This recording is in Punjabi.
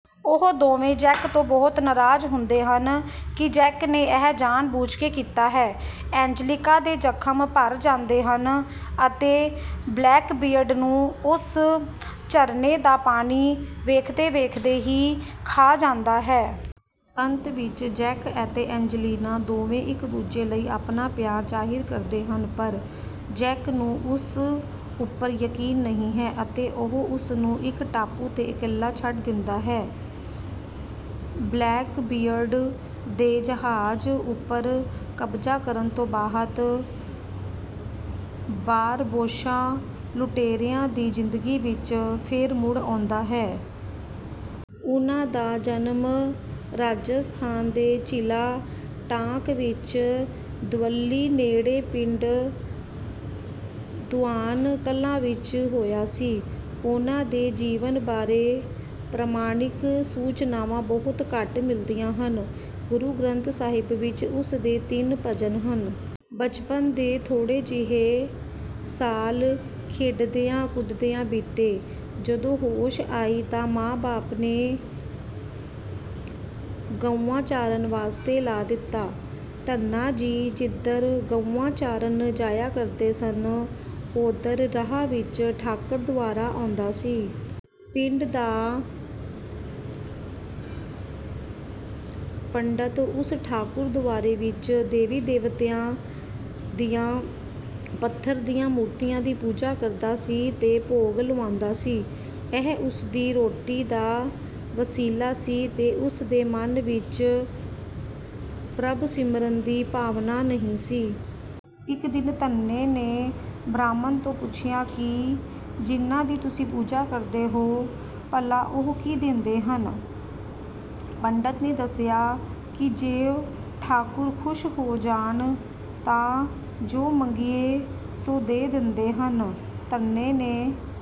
ਉਹ ਦੋਵੇਂ ਜੈਕ ਤੋਂ ਬਹੁਤ ਨਰਾਜ਼ ਹੁੰਦੇ ਹਨ ਕਿ ਜੈਕ ਨੇ ਇਹ ਜਾਣ-ਬੁੱਝ ਕੇ ਕੀਤਾ ਹੈ। ਐਂਜੇਲੀਕਾ ਦੇ ਜ਼ਖ਼ਮ ਭਰ ਜਾਂਦੇ ਹਨ ਅਤੇ ਬਲੈਕਬੀਅਰਡ ਨੂੰ ਉਸ ਝਰਨੇ ਦਾ ਪਾਣੀ ਵੇਖਦੇ-ਵੇਖਦੇ ਹੀ ਖਾ ਜਾਂਦਾ ਹੈ। ਅੰਤ ਵਿੱਚ ਜੈਕ ਅਤੇ ਐਂਜੇਲੀਕਾ ਦੋਵੇਂ ਇੱਕ ਦੂਜੇ ਲਈ ਆਪਣਾ ਪਿਆਰ ਜ਼ਾਹਿਰ ਕਰਦੇ ਹਨ ਪਰ ਜੈਕ ਨੂੰ ਉਸ ਉੱਪਰ ਯਕੀਨ ਨਹੀਂ ਹੈ ਅਤੇ ਉਹ ਉਸਨੂੰ ਇੱਕ ਟਾਪੂ ਤੇ ਇਕੱਲਾ ਛੱਡ ਦਿੰਦਾ ਹੈ। ਬਲੈਕਬੀਅਰਡ ਦੇ ਜਹਾਜ਼ ਉੱਪਰ ਕਬਜ਼ਾ ਕਰਨ ਤੋਂ ਬਾਅਦ ਬਾਰਬੋਸਾ ਲੁਟੇਰਿਆਂ ਦੀ ਜ਼ਿੰਦਗੀ ਵਿੱਚ ਫਿਰ ਮੁੜ ਆਉਂਦਾ ਹੈ। ਉਨ੍ਹਾਂ ਦਾ ਜਨਮ ਰਾਜਸਥਾਨ ਦੇ ਜਿਲਾ ਟਾਂਕ ਵਿੱਚ ਦਿਓਲੀ ਨੇੜੇ ਪਿੰਡ ਧੂਆਨ ਕਲਾਂ ਵਿੱਚ ਹੋਇਆ ਸੀ। ਉਨ੍ਹਾਂ ਦੇ ਜੀਵਨ ਬਾਰੇ ਪ੍ਰਮਾਣਿਕ ਸੂਚਨਾਵਾਂ ਬਹੁਤ ਘੱਟ ਮਿਲਦੀਆਂ ਹਨ। ਗੁਰੂ ਗ੍ਰੰਥ ਸਾਹਿਬ ਵਿੱਚ ਉਸਦੇ ਤਿੰਨ ਭਜਨ ਹਨ। ਬਚਪਨ ਦੇ ਥੋੜੇ ਜਿਹੇ ਸਾਲ ਖੇਡਦਿਆਂ ਕੁਦਦਿਆਂ ਬੀਤੇ। ਜਦੋਂ ਹੋਸ਼ ਆਈ ਤਾਂ ਮਾ-ਬਾਪ ਨੇ ਗਊਆਂ ਚਾਰਨ ਵਾਸਤੇ ਲਾ ਦਿੱਤਾ। ਧੰਨਾ ਜੀ ਜਿੱਧਰ ਗਊਆਂ ਚਾਰਨ ਜਾਇਆ ਕਰਦੇ ਸਨ ਉਧਰ ਰਾਹ ਵਿੱਚ ਠਾਕਰ ਦੁਆਰਾ ਆਉਂਦਾ ਸੀ। ਪਿੰਡ ਦਾ ਪੰਡਤ ਉਸ ਠਾਕੁਰ ਦੁਆਰੇ ਵਿੱਚ ਦੇਵੀ-ਦੇਵਤਿਆਂ ਦੀਆਂ ਪੱਥਰ ਦੀਆਂ ਮੂਰਤੀਆਂ ਦੀ ਪੂਜਾ ਕਰਦਾ ਸੀ ਤੇ ਭੋਗ ਲਵਾਉਂਦਾ ਸੀ। ਇਹ ਉਸਦੀ ਰੋਟੀ ਦਾ ਵਸੀਲਾ ਸੀ ਤੇ ਉਸ ਦੇ ਮਨ ਵਿੱਚ ਪ੍ਰਭੂ ਸਿਮਰਨ ਦੀ ਭਾਵਨਾ ਨਹੀਂ ਸੀ। ਇੱਕ ਦਿਨ ਧੰਨੇ ਨੇ ਬ੍ਰਾਹਮਣ ਤੋਂ ਪੁੱਛਿਆ ਕਿ ਜਿਨ੍ਹਾਂ ਦੀ ਤੁਸੀ ਪੂਜਾ ਕਰਦੇ ਹੋ ਭਲਾ ਉਹ ਕੀ ਦੇਂਦੇ ਹਨ। ਪੰਡਤ ਨੇ ਦੱਸਿਆ ਕਿ ਜੇ ਠਾਕੁਰ ਖੁਸ਼ ਹੋ ਜਾਣ ਤਾ ਜੋ ਮੰਗੀਏ ਸੋ ਦੇ ਦੇਂਦੇ ਹਨ। ਧੰਨੇ ਨੇ...